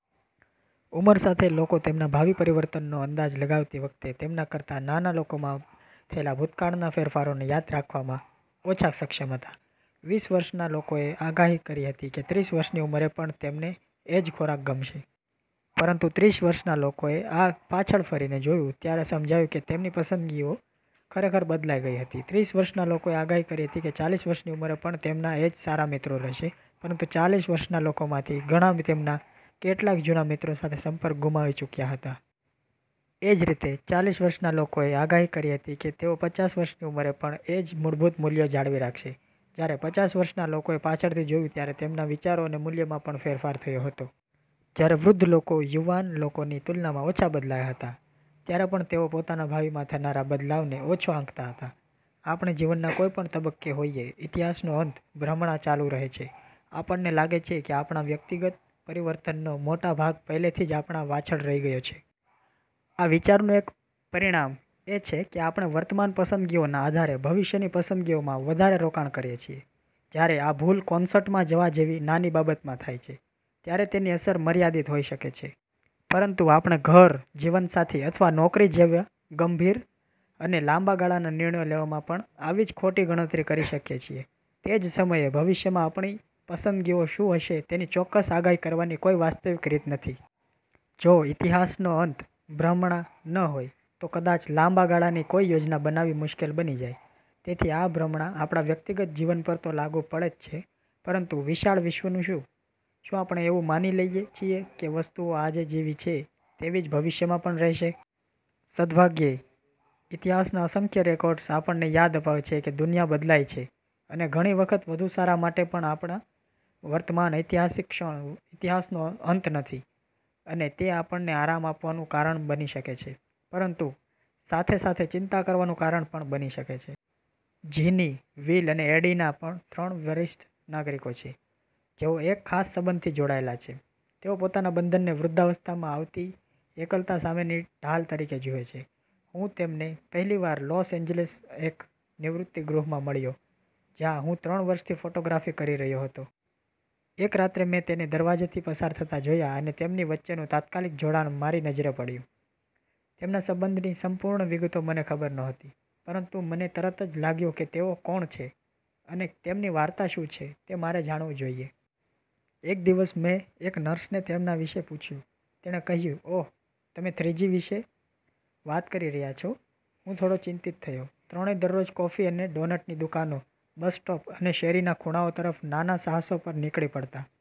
ઉંમર સાથે, લોકો તેમના ભાવિ પરિવર્તનનો અંદાજ લગાવતી વખતે તેમના કરતાં નાના લોકોમાં થયેલા ભૂતકાળના ફેરફારોને યાદ રાખવામાં ઓછા સક્ષમ હતા. વીસ વર્ષના લોકોએ આગાહી કરી હતી કે ત્રીસ વર્ષની ઉંમરે પણ તેમને એ જ ખોરાક ગમશે. પરંતુ ત્રીસ વર્ષના લોકોએ પાછળ ફરીને જોયું ત્યારે સમજાયું કે તેમની પસંદગીઓ ખરેખર બદલાઈ ગઈ હતી. ત્રીસ વર્ષના લોકોએ આગાહી કરી હતી કે ચાલીસ વર્ષની ઉંમરે પણ તેમના એ જ સારા મિત્રો રહેશે, પરંતુ ચાલીસ વર્ષના લોકોમાંથી ઘણા તેમના કેટલાક જૂના મિત્રો સાથે સંપર્ક ગુમાવી ચૂક્યા હતા. એ જ રીતે, ચાલીસ વર્ષના લોકોએ આગાહી કરી હતી કે તેઓ પચાસ વર્ષની ઉંમરે પણ એ જ મૂળભૂત મૂલ્યો જાળવી રાખશે, જ્યારે પચાસ વર્ષના લોકોએ પાછળથી જોયું ત્યારે તેમના વિચારો અને મૂલ્યોમાં પણ ફેરફાર થયો હતો. જ્યારે વૃદ્ધ લોકો યુવાન લોકોની તુલનામાં ઓછા બદલાયા હતા, ત્યારે પણ તેઓ પોતાના ભાવિમાં થનારા બદલાવને ઓછો આંકતા હતા. આપણે જીવનના કોઈપણ તબક્કે હોઈએ, “ઇતિહાસનો અંત” ભ્રમણા ચાલુ રહે છે: આપણને લાગે છે કે આપણા વ્યક્તિગત પરિવર્તનનો મોટો ભાગ પહેલેથી જ આપણા પાછળ રહી ગયો છે. આ વિચારનું એક પરિણામ એ છે કે આપણે વર્તમાન પસંદગીઓના આધારે ભવિષ્યની પસંદગીઓમાં વધારે રોકાણ કરીએ છીએ. જ્યારે આ ભૂલ કોન્સર્ટમાં જવા જેવી નાની બાબતમાં થાય છે, ત્યારે તેની અસર મર્યાદિત હોઈ શકે છે. પરંતુ આપણે ઘર, જીવનસાથી અથવા નોકરી જેવા વધુ ગંભીર અને લાંબા ગાળાના નિર્ણયો લેવામાં પણ આવી જ ખોટી ગણતરી કરી શકીએ છીએ. તે જ સમયે, ભવિષ્યમાં આપણી પસંદગીઓ શું હશે તેની ચોક્કસ આગાહી કરવાની કોઈ વાસ્તવિક રીત નથી. જો “ઇતિહાસનો અંત” ભ્રમણા ન હોય, તો કદાચ લાંબા ગાળાની કોઈ યોજના બનાવવી મુશ્કેલ બની જાય. તેથી આ ભ્રમણા આપણા વ્યક્તિગત જીવન પર તો લાગુ પડે જ છે, પરંતુ વિશાળ વિશ્વનું શું? શું આપણે એવું માની લઈએ છીએ કે વસ્તુઓ આજે જેવી છે, તેવી જ ભવિષ્યમાં પણ રહેશે? સદભાગ્યે, ઇતિહાસના અસંખ્ય રેકોર્ડ્સ આપણને યાદ અપાવે છે કે દુનિયા બદલાઈ છે, અને ઘણી વખત વધુ સારા માટે પણ આપણી વર્તમાન ઐતિહાસિક ક્ષણ ઇતિહાસનો અંત નથી. અને તે આપણને આરામ આપવાનું કારણ બની શકે છે, પરંતુ સાથે સાથે ચિંતા કરવાનું કારણ પણ બની શકે છે. જીની, વિલ અને એડિના ત્રણ વરિષ્ઠ નાગરિકો છે, જેઓ એક ખાસ સંબંધથી જોડાયેલા છે. તેઓ પોતાના બંધનને વૃદ્ધાવસ્થામાં આવતી એકલતા સામેની ઢાલ તરીકે જુએ છે. હું તેમને પહેલી વાર લોસ એન્જલસના એક નિવૃત્તિ ગૃહમાં મળ્યો, જ્યાં હું ત્રણ વર્ષથી ફોટોગ્રાફી કરી રહ્યો હતો. એક રાત્રે મેં તેમને દરવાજેથી પસાર થતા જોયા અને તેમની વચ્ચેનું તાત્કાલિક જોડાણ મારી નજરે પડ્યું. તેમના સંબંધની સંપૂર્ણ વિગતો મને ખબર નહોતી, પરંતુ મને તરત જ લાગ્યું કે તેઓ કોણ છે અને તેમની વાર્તા શું છે તે મારે જાણવું જોઈએ. એક દિવસ મેં એક નર્સને તેમના વિશે પૂછ્યું. તેણે કહ્યું, “ઓહ, તમે થ્રીજી વિશે વાત કરી રહ્યા છો.” હું થોડો ચિંતિત થયો. ત્રણેય દરરોજ કોફી અને ડોનટની દુકાનો, બસ સ્ટોપ અને શેરીના ખૂણાઓ તરફ નાના સાહસો પર નીકળી પડતા.